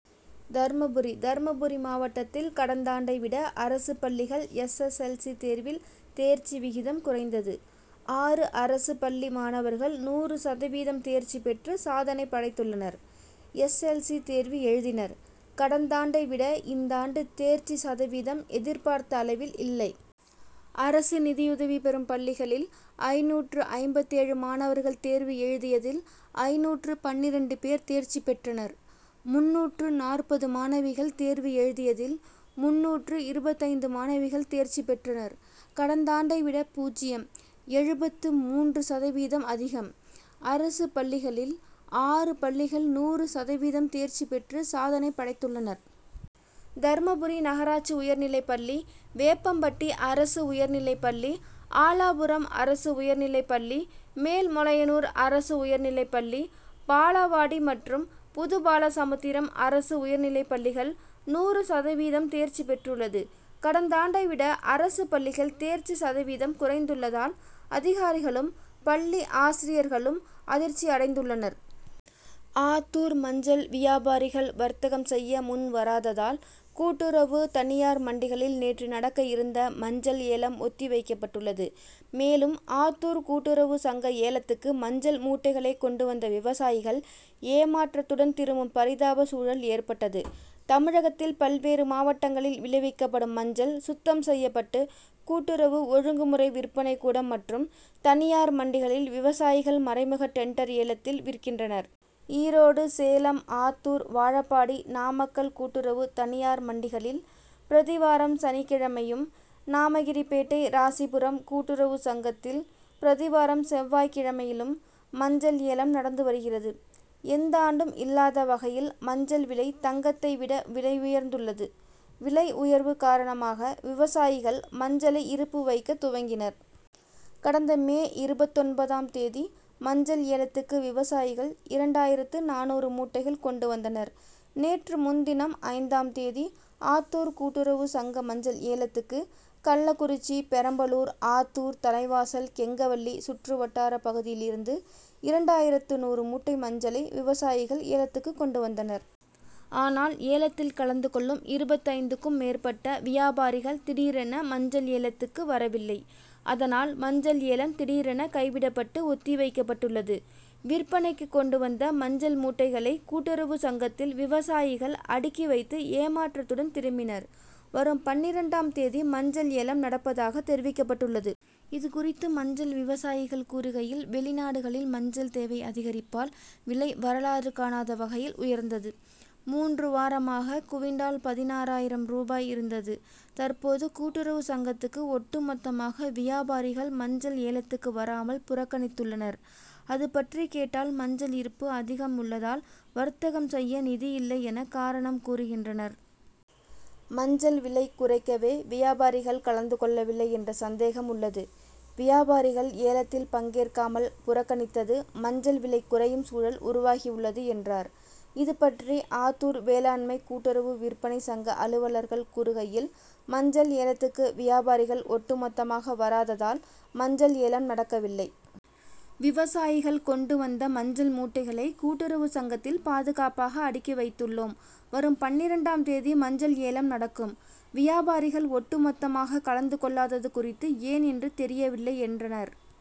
தர்மபுரி தர்மபுரி மாவட்டத்தில் கடந்தாண்டை விட அரசு பள்ளிகள் எஸ். எஸ். எல். ஸி. தேர்வில் தேர்ச்சி விகிதம் குறைந்தது. ஆறு அரசு பள்ளி மாணவர்கள் நூறு சதவீதம் தேர்ச்சி பெற்று சாதனை படைத்துள்ளனர். எஸ். எல். ஸி. தேர்வு எழுதினர். கடந்தாண்டை வித இந்தாண்டு தேர்ச்சி சதவீதம் எதிர்பார்த்த அளவில் இல்லை. அரசு நிதியுதவி பெறும் பள்ளிகளில் ஐந்நூற்று ஐம்பத்தேழு மாணவர்கள் தேர்வு எழுதியதில், ஐந்நூற்று பன்னிரண்டு பேர் தேர்ச்சி பெற்றனர். முந்நூற்று நாற்பது மாணவிகள் தேர்வு எழுதியதில், முந்நூற்று இருபத்தைந்து மாணவிகள் தேர்ச்சி பெற்றனர். கடந்தாண்டை விட பூஜ்ஜியம். எழுபத்து மூன்று சதவீதம் அதிகம். அரசு பள்ளிகளில் ஆறு பள்ளிகள் நூறு சதவீதம் தேர்ச்சி பெற்று சாதனை படைத்துள்ளனர். தர்மபுரி நகராட்சி உயர்நிலைப்பள்ளி, வேப்பம்பட்டி அரசு உயர்நிலைப்பள்ளி, ஆலாபுரம் அரசு உயர்நிலைப்பள்ளி, மேல்மொளையனூர் அரசு உயர்நிலைப்பள்ளி, பாலவாடி மற்றும் புதுபாலசமுத்திரம் அரசு உயர்நிலைப்பள்ளிகள் நூறு சதவீதம் தேர்ச்சி பெற்றுள்ளது. கடந்தாண்டை விட அரசு பள்ளிகள் தேர்ச்சி சதவீதம் குறைந்துள்ளதால், அதிகாரிகளும், பள்ளி ஆசிரியர்களும் அதிர்ச்சி அடைந்துள்ளனர். ஆத்தூர் மஞ்சள் வியாபாரிகள் வர்த்தகம் செய்ய முன்வராததால் கூட்டுறவு, தனியார் மண்டிகளில் நேற்று நடக்க இருந்த மஞ்சள் ஏலம் ஒத்திவைக்கபட்டுள்ளது. மேலும், ஆத்தூர் கூட்டுறவு சங்க ஏலத்துக்கு மஞ்சள் மூட்டைகளை கொண்டு வந்த விவசாயிகள் ஏமாற்றத்துடன் திரும்பும் பரிதாப சூழல் ஏற்பட்டது. தமிழகத்தில் பல்வேறு மாவட்டங்களில் விளைவிக்கப்படும் மஞ்சள் சுத்தம் செய்யப்பட்டு கூட்டுறவு, ஒழுங்கு முறை விற்பனை கூடம் மற்றும் தனியார் மண்டிகளில் விவசாயிகள் மறைமுக டெண்டர் ஏலத்தில் விற்கின்றனர். ஈரோடு, சேலம், ஆத்தூர், வாழப்பாடி, நாமக்கல் கூட்டுறவு, தனியார் மண்டிகளில் பிரதி வாரம் சனிக்கிழமையும், நாமகிரிபேட்டை, ராசிபுரம் கூட்டுறவு சங்கத்தில் பிரதி வாரம் செவ்வாய்கிழமையிலும் மஞ்சள் ஏலம் நடந்து வருகிறது. எந்தாண்டும் இல்லாத வகையில் மஞ்சள் விலை தங்கத்தை விட விலை உயர்ந்துள்ளது. விலை உயர்வு காரணமாக விவசாயிகள் மஞ்சளை இருப்பு வைக்க துவங்கினர். கடந்த மே இருபத்தொன்பதாம் தேதி மஞ்சள் ஏலத்துக்கு விவசாயிகள் இரண்டாயிரத்து நானூறு மூட்டைகள் கொண்டு வந்தனர். நேற்று முன்தினம் ஐந்தாம் தேதி ஆத்தூர் கூட்டுறவு சங்க மஞ்சள் ஏலத்துக்கு கள்ளக்குறிச்சி, பெரம்பலூர், ஆத்தூர், தலைவாசல், கெங்கவல்லி சுற்றுவட்டார பகுதிகளிலிருந்து இரண்டாயிரத்து நூறு மூட்டை மஞ்சளை விவசாயிகள் ஏலத்துக்கு கொண்டு வந்தனர். ஆனால், ஏலத்தில் கலந்து கொள்ளும் இருபத்தைந்துக்கும் மேற்பட்ட வியாபாரிகள் திடீரென மஞ்சள் ஏலத்துக்கு வரவில்லை. அதனால், மஞ்சள் ஏலம் திடீரென கைவிடப்பட்டு ஒத்தி வைக்கப்பட்டுள்ளது. விற்பனைக்கு கொண்டு வந்த மஞ்சள் மூட்டைகளை கூட்டுறவு சங்கத்தில் விவசாயிகள் அடுக்கி வைத்து ஏமாற்றத்துடன் திரும்பினர். வரும் பன்னிரண்டாம் தேதி மஞ்சள் ஏலம் நடப்பதாக தெரிவிக்கப்பட்டுள்ளது. இது குறித்து மஞ்சள் விவசாயிகள் கூறுகையில், வெளிநாடுகளில் மஞ்சள் தேவை அதிகரிப்பால் விலை வரலாறு காணாத வகையில் உயர்ந்தது. மூன்று வாரமாக குவிண்டால் பதினாறாயிரம் ரூபாய் இருந்தது. தற்போது கூட்டுறவு சங்கத்துக்கு ஒட்டு மொத்தமாக வியாபாரிகள் மஞ்சள் ஏலத்துக்கு வராமல் புறக்கணித்துள்ளனர். அதுபற்றி கேட்டால் மஞ்சள் இருப்பு அதிகம் உள்ளதால், வர்த்தகம் செய்ய நிதி இல்லை என, காரணம் கூறுகின்றனர். மஞ்சள் விலை குறைக்கவே வியாபாரிகள் கலந்து கொள்ளவில்லை என்ற சந்தேகம் உள்ளது. வியாபாரிகள் ஏலத்தில் பங்கேற்காமல் புறக்கணித்தது மஞ்சள் விலை குறையும் சூழல் உருவாகியுள்ளது என்றார். இது பற்றி ஆத்தூர் வேளாண்மை கூட்டுறவு விற்பனை சங்க அலுவலர்கள் கூறுகையில் மஞ்சள் ஏலத்துக்கு வியாபாரிகள் ஒட்டு மொத்தமாக வராததால், மஞ்சள் ஏலம் நடக்கவில்லை. விவசாயிகள் கொண்டு வந்த மஞ்சள் மூட்டைகளை கூட்டுறவு சங்கத்தில் பாதுகாப்பாக அடுக்கி வைத்துள்ளோம். வரும் பன்னிரண்டாம் தேதி மஞ்சள் ஏலம் நடக்கும். வியாபாரிகள் ஒட்டு மொத்தமாக கலந்து கொள்ளாதது குறித்து ஏன் என்று தெரியவில்லை, என்றனர்.